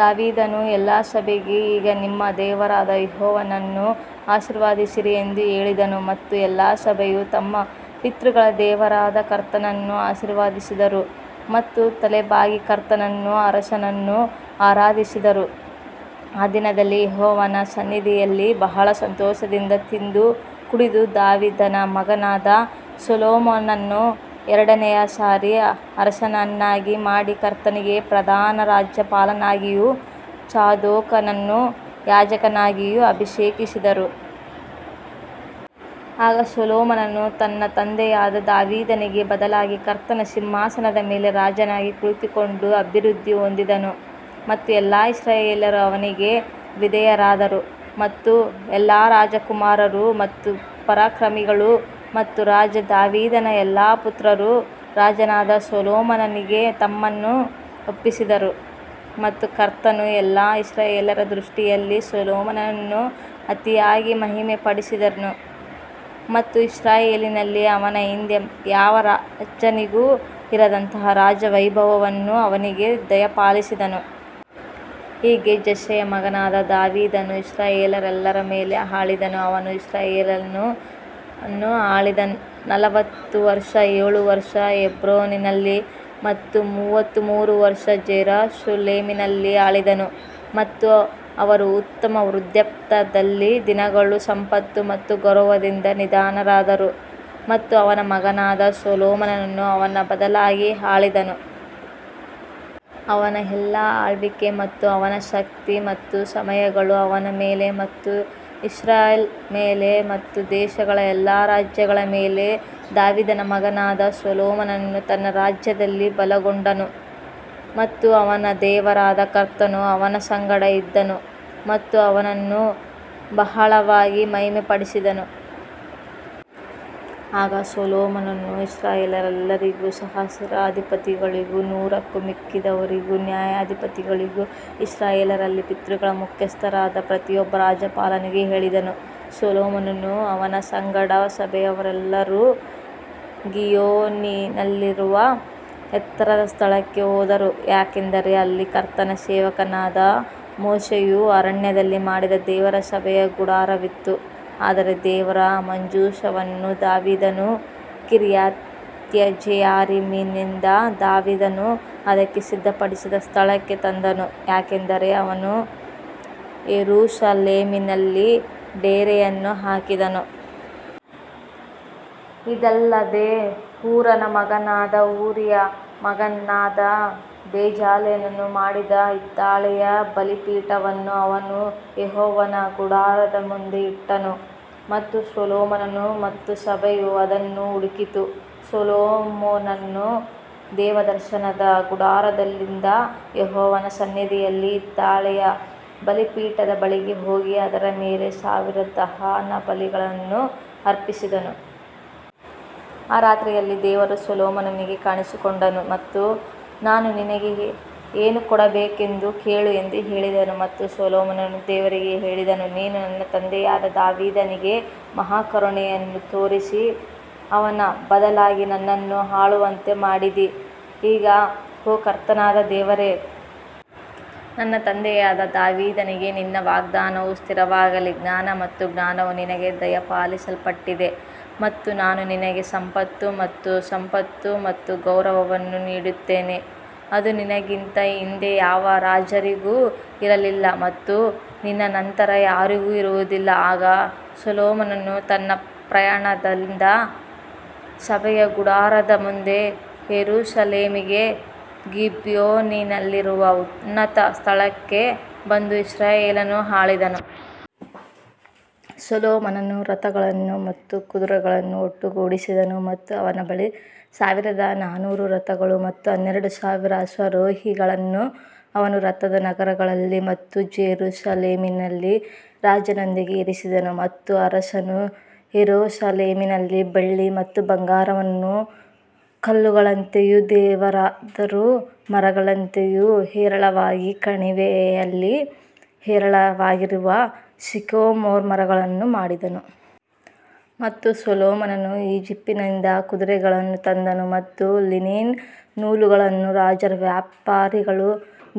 ದಾವೀದನು ಎಲ್ಲಾ ಸಭೆಗೆ ಈಗ ನಿಮ್ಮ ದೇವರಾದ ಯೆಹೋವನನ್ನು ಆಶೀರ್ವದಿಸಿರಿ ಎಂದು ಹೇಳಿದನು ಮತ್ತು ಎಲ್ಲಾ ಸಭೆಯು ತಮ್ಮ ಪಿತೃಗಳ ದೇವರಾದ ಕರ್ತನನ್ನು ಆಶೀರ್ವದಿಸಿದರು ಮತ್ತು ತಲೆಬಾಗಿ ಕರ್ತನನ್ನೂ ಅರಸನನ್ನೂ ಆರಾಧಿಸಿದರು. ಆ ದಿನದಲ್ಲಿ ಯೆಹೋವನ ಸನ್ನಿಧಿಯಲ್ಲಿ ಬಹಳ ಸಂತೋಷದಿಂದ ತಿಂದು ಕುಡಿದು ದಾವೀದನ ಮಗನಾದ ಸೊಲೊಮೋನನನ್ನು ಎರಡನೆಯ ಸಾರಿ ಅರಸನನ್ನಾಗಿ ಮಾಡಿ ಕರ್ತನಿಗೆ ಪ್ರಧಾನ ರಾಜ್ಯಪಾಲನಾಗಿಯೂ ಚಾದೋಕನನ್ನು ಯಾಜಕನಾಗಿಯೂ ಅಭಿಷೇಕಿಸಿದರು. ಆಗ ಸೊಲೊಮೋನನು ತನ್ನ ತಂದೆಯಾದ ದಾವೀದನಿಗೆ ಬದಲಾಗಿ ಕರ್ತನ ಸಿಂಹಾಸನದ ಮೇಲೆ ರಾಜನಾಗಿ ಕುಳಿತುಕೊಂಡು ಅಭಿವೃದ್ಧಿ ಹೊಂದಿದನು ಮತ್ತು ಎಲ್ಲಾ ಇಸ್ರಾಯೇಲ್ಯರು ಅವನಿಗೆ ವಿಧೇಯರಾದರು. ಮತ್ತು ಎಲ್ಲಾ ರಾಜಕುಮಾರರು ಮತ್ತು ಪರಾಕ್ರಮಿಗಳು ಮತ್ತು ರಾಜ ದಾವೀದನ ಎಲ್ಲಾ ಪುತ್ರರು ರಾಜನಾದ ಸೊಲೊಮೋನನಿಗೆ ತಮ್ಮನ್ನು ಒಪ್ಪಿಸಿದರು. ಮತ್ತು ಕರ್ತನು ಎಲ್ಲಾ ಇಸ್ರಾಯೇಲ್ಯರ ದೃಷ್ಟಿಯಲ್ಲಿ ಸೊಲೊಮೋನನನ್ನು ಅತಿಯಾಗಿ ಮಹಿಮೆಪಡಿಸಿದನು ಮತ್ತು ಇಸ್ರಾಯೇಲಿನಲ್ಲಿ ಅವನ ಹಿಂದೆ ಯಾವ ರಾಜನಿಗೂ ಇರದಂತಹ ರಾಜ ವೈಭವವನ್ನು ಅವನಿಗೆ ದಯಪಾಲಿಸಿದನು. ಹೀಗೆ ಜೆಸ್ಸೆಯ ಮಗನಾದ ದಾವೀದನು ಇಸ್ರಾಯೇಲ್ಯರೆಲ್ಲರ ಮೇಲೆ ಆಳಿದನು ಅವನು ಇಸ್ರಾಯೇಲನ್ನು ಆಳಿದ ನಲವತ್ತು ವರುಷ ಏಳು ವರುಷ ಹೆಬ್ರೋನಿನಲ್ಲಿ ಮತ್ತು ಮೂವತ್ತಮೂರು ವರುಷ ಜೆರುಸಲೇಮಿನಲ್ಲಿ ಆಳಿದನು. ಮತ್ತು ಅವರು ಉತ್ತಮ ವೃದ್ಧಾಪ್ಯದಲ್ಲಿ ದಿನಗಳು ಸಂಪತ್ತು ಮತ್ತು ಗೌರವದಿಂದ ನಿಧನರಾದರು ಮತ್ತು ಅವನ ಮಗನಾದ ಸೊಲೊಮೋನನು ಅವನ ಬದಲಾಗಿ ಆಳಿದನು. ಅವನ ಎಲ್ಲಾ ಆಳ್ವಿಕೆ ಮತ್ತು ಅವನ ಶಕ್ತಿ ಮತ್ತು ಸಮಯಗಳು ಅವನ ಮೇಲೆ ಮತ್ತು ಇಸ್ರೇಲ್ ಮೇಲೆ ಮತ್ತು ದೇಶಗಳ ಎಲ್ಲಾ ರಾಜ್ಯಗಳ ಮೇಲೆ ದಾವೀದನ ಮಗನಾದ ಸೊಲೊಮೋನನು ತನ್ನ ರಾಜ್ಯದಲ್ಲಿ ಬಲಗೊಂಡನು ಮತ್ತು ಅವನ ದೇವರಾದ ಕರ್ತನು ಅವನ ಸಂಗಡ ಇದ್ದನು ಮತ್ತು ಅವನನ್ನು ಬಹಳವಾಗಿ ಮಹಿಮೆಪಡಿಸಿದನು. ಆಗ ಸೊಲೊಮೋನನು ಇಸ್ರಾಯೇಲ್ಯರೆಲ್ಲರಿಗೂ ಸಹಸ್ರಾಧಿಪತಿಗಳಿಗೂ ನೂರಕ್ಕೂ ಮಿಕ್ಕಿದವರಿಗೂ ನ್ಯಾಯಾಧಿಪತಿಗಳಿಗೂ ಇಸ್ರಾಯೇಲ್ಯರಲ್ಲಿ ಪಿತೃಗಳ ಮುಖ್ಯಸ್ಥರಾದ ಪ್ರತಿಯೊಬ್ಬ ರಾಜ್ಯಪಾಲರಿಗೂ ಹೇಳಿದನು. ಸೊಲೊಮೋನನೂ ಅವನ ಸಂಗಡ ಸಭೆಯವರೆಲ್ಲರೂ ಗಿಬ್ಯೋನಿನಲ್ಲಿರುವ ಎತ್ತರದ ಸ್ಥಳಕ್ಕೆ ಹೋದರು ಏಕೆಂದರೆ ಅಲ್ಲಿ ಕರ್ತನ ಸೇವಕನಾದ ಮೋಶೆಯು ಅರಣ್ಯದಲ್ಲಿ ಮಾಡಿದ ದೇವರ ಸಭೆಯ ಗುಡಾರವಿತ್ತು. ಆದರೆ ದೇವರ ಮಂಜೂಷವನ್ನು ದಾವೀದನು ಕಿರ್ಯತ್ಜೆಯಾರೀಮಿನಿಂದ ದಾವೀದನು ಅದಕ್ಕೆ ಸಿದ್ಧಪಡಿಸಿದ ಸ್ಥಳಕ್ಕೆ ತಂದನು, ಏಕೆಂದರೆ ಅವನು ಯೆರೂಸಲೇಮಿನಲ್ಲಿ ಡೇರೆಯನ್ನು ಹಾಕಿದನು. ಇದಲ್ಲದೆ ಹೂರನ ಮಗನಾದ ಊರಿಯ ಮಗನಾದ ಬೆಜಲೇಲನು ಮಾಡಿದ ಹಿತ್ತಾಳೆಯ ಬಲಿಪೀಠವನ್ನು ಅವನು ಯೆಹೋವನ ಗುಡಾರದ ಮುಂದೆ ಇಟ್ಟನು ಮತ್ತು ಸೊಲೊಮೋನನು ಮತ್ತು ಸಭೆಯು ಅದನ್ನು ಹುಡುಕಿತು. ಸೊಲೊಮೋನನು ದೇವದರ್ಶನದ ಗುಡಾರದಲ್ಲಿದ್ದ ಯೆಹೋವನ ಸನ್ನಿಧಿಯಲ್ಲಿ ಹಿತ್ತಾಳೆಯ ಬಲಿಪೀಠದ ಬಳಿಗೆ ಹೋಗಿ ಅದರ ಮೇಲೆ ಸಾವಿರ ದಹನಬಲಿಗಳನ್ನು ಅರ್ಪಿಸಿದನು. ಆ ರಾತ್ರಿಯಲ್ಲಿ ದೇವರು ಸೊಲೊಮೋನನಿಗೆ ಕಾಣಿಸಿಕೊಂಡನು ಮತ್ತು ನಾನು ನಿನಗೆ ಏನು ಕೊಡಬೇಕೆಂದು ಕೇಳು ಎಂದು ಹೇಳಿದನು ಮತ್ತು ಸೊಲೊಮೋನನು ದೇವರಿಗೆ ಹೇಳಿದನು, ನೀನು ನನ್ನ ತಂದೆಯಾದ ದಾವೀದನಿಗೆ ಮಹಾ ಕರುಣೆಯನ್ನು ತೋರಿಸಿ ಅವನ ಬದಲಾಗಿ ನನ್ನನ್ನು ಆಳುವಂತೆ ಮಾಡಿದಿ. ಈಗ ಓ ಕರ್ತನಾದ ದೇವರೇ ನನ್ನ ತಂದೆಯಾದ ದಾವೀದನಿಗೆ ನಿನ್ನ ವಾಗ್ದಾನವು ಸ್ಥಿರವಾಗಲಿ ಜ್ಞಾನ ಮತ್ತು ಜ್ಞಾನವು ನಿನಗೆ ದಯಪಾಲಿಸಲ್ಪಟ್ಟಿದೆ ಮತ್ತು ನಾನು ನಿನಗೆ ಸಂಪತ್ತು ಮತ್ತು ಸಂಪತ್ತು ಮತ್ತು ಗೌರವವನ್ನು ನೀಡುತ್ತೇನೆ, ಅದು ನಿನಗಿಂತ ಹಿಂದೆ ಯಾವ ರಾಜರಿಗೂ ಇರಲಿಲ್ಲ ಮತ್ತು ನಿನ್ನ ನಂತರ ಯಾರಿಗೂ ಇರುವುದಿಲ್ಲ ಆಗ ಸೊಲೊಮೋನನು ತನ್ನ ಪ್ರಯಾಣದಿಂದ ಸಭೆಯ ಗುಡಾರದ ಮುಂದೆ ಯೆರೂಸಲೇಮಿಗೆ ಗಿಬ್ಯೋನಿನಲ್ಲಿರುವ ಉನ್ನತ ಸ್ಥಳಕ್ಕೆ ಬಂದು ಇಸ್ರಾಯೇಲನ್ನು ಆಳಿದನು. ಸೊಲೊಮೋನನು ರಥಗಳನ್ನು ಮತ್ತು ಕುದುರೆಗಳನ್ನು ಒಟ್ಟುಗೂಡಿಸಿದನು ಮತ್ತು ಅವನ ಬಳಿ ಸಾವಿರದ ನಾನೂರು ರಥಗಳು ಮತ್ತು ಹನ್ನೆರಡು ಸಾವಿರ ಅಶ್ವಾರೋಹಿಗಳನ್ನು ಅವನು ರಥದ ನಗರಗಳಲ್ಲಿ ಮತ್ತು ಜೆರುಸಲೇಮಿನಲ್ಲಿ ರಾಜನೊಂದಿಗೆ ಇರಿಸಿದನು. ಮತ್ತು ಅರಸನು ಯೆರೂಸಲೇಮಿನಲ್ಲಿ ಬೆಳ್ಳಿ ಮತ್ತು ಬಂಗಾರವನ್ನು ಕಲ್ಲುಗಳಂತೆಯೂ ದೇವದಾರು ಮರಗಳಂತೆಯೂ ಹೇರಳವಾಗಿ ಕಣಿವೆಯಲ್ಲಿ ಹೇರಳವಾಗಿರುವ ಸಿಕೊಮೊರ್ ಮರಗಳನ್ನು ಮಾಡಿದನು. ಮತ್ತು ಸೊಲೊಮೋನನು ಈಜಿಪ್ಟಿನಿಂದ ಕುದುರೆಗಳನ್ನು ತಂದನು ಮತ್ತು ಲಿನಿನ್ ನೂಲುಗಳನ್ನು ರಾಜರ ವ್ಯಾಪಾರಿಗಳು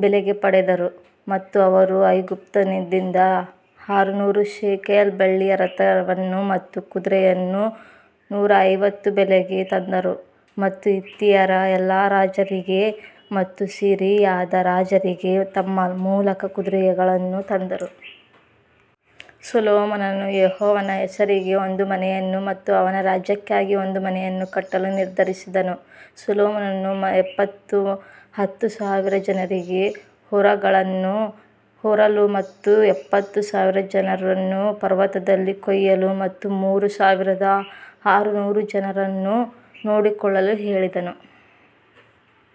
ಬೆಲೆಗೆ ಪಡೆದರು. ಮತ್ತು ಅವರು ಐಗುಪ್ತದಿಂದ ಆರು ನೂರು ಶೇಕೆಲ್ ಬೆಳ್ಳಿಯ ರಥವನ್ನು ಮತ್ತು ಕುದುರೆಯನ್ನು ನೂರ ಐವತ್ತು ಬೆಲೆಗೆ ತಂದರು ಮತ್ತು ಹಿತ್ತಿಯರ ಎಲ್ಲಾ ರಾಜರಿಗೆ ಮತ್ತು ಸಿರಿಯಾದ ರಾಜರಿಗೆ ತಮ್ಮ ಮೂಲಕ ಕುದುರೆಗಳನ್ನು ತಂದರು. ಸೊಲೊಮೋನನು ಯೆಹೋವನ ಹೆಸರಿಗೆ ಒಂದು ಮನೆಯನ್ನು ಮತ್ತು ಅವನ ರಾಜ್ಯಕ್ಕಾಗಿ ಒಂದು ಮನೆಯನ್ನು ಕಟ್ಟಲು ನಿರ್ಧರಿಸಿದನು ಸೊಲೊಮೋನನು ಎಪ್ಪತ್ತು ಹತ್ತು ಸಾವಿರ ಜನರಿಗೆ ಹೊರೆಗಳನ್ನು ಹೊರಲು ಮತ್ತು ಎಪ್ಪತ್ತು ಸಾವಿರ ಜನರನ್ನು ಪರ್ವತದಲ್ಲಿ ಕೊಯ್ಯಲು ಮತ್ತು ಮೂರು ಸಾವಿರದ ಆರುನೂರು ಜನರನ್ನು ನೋಡಿಕೊಳ್ಳಲು ಹೇಳಿದನು.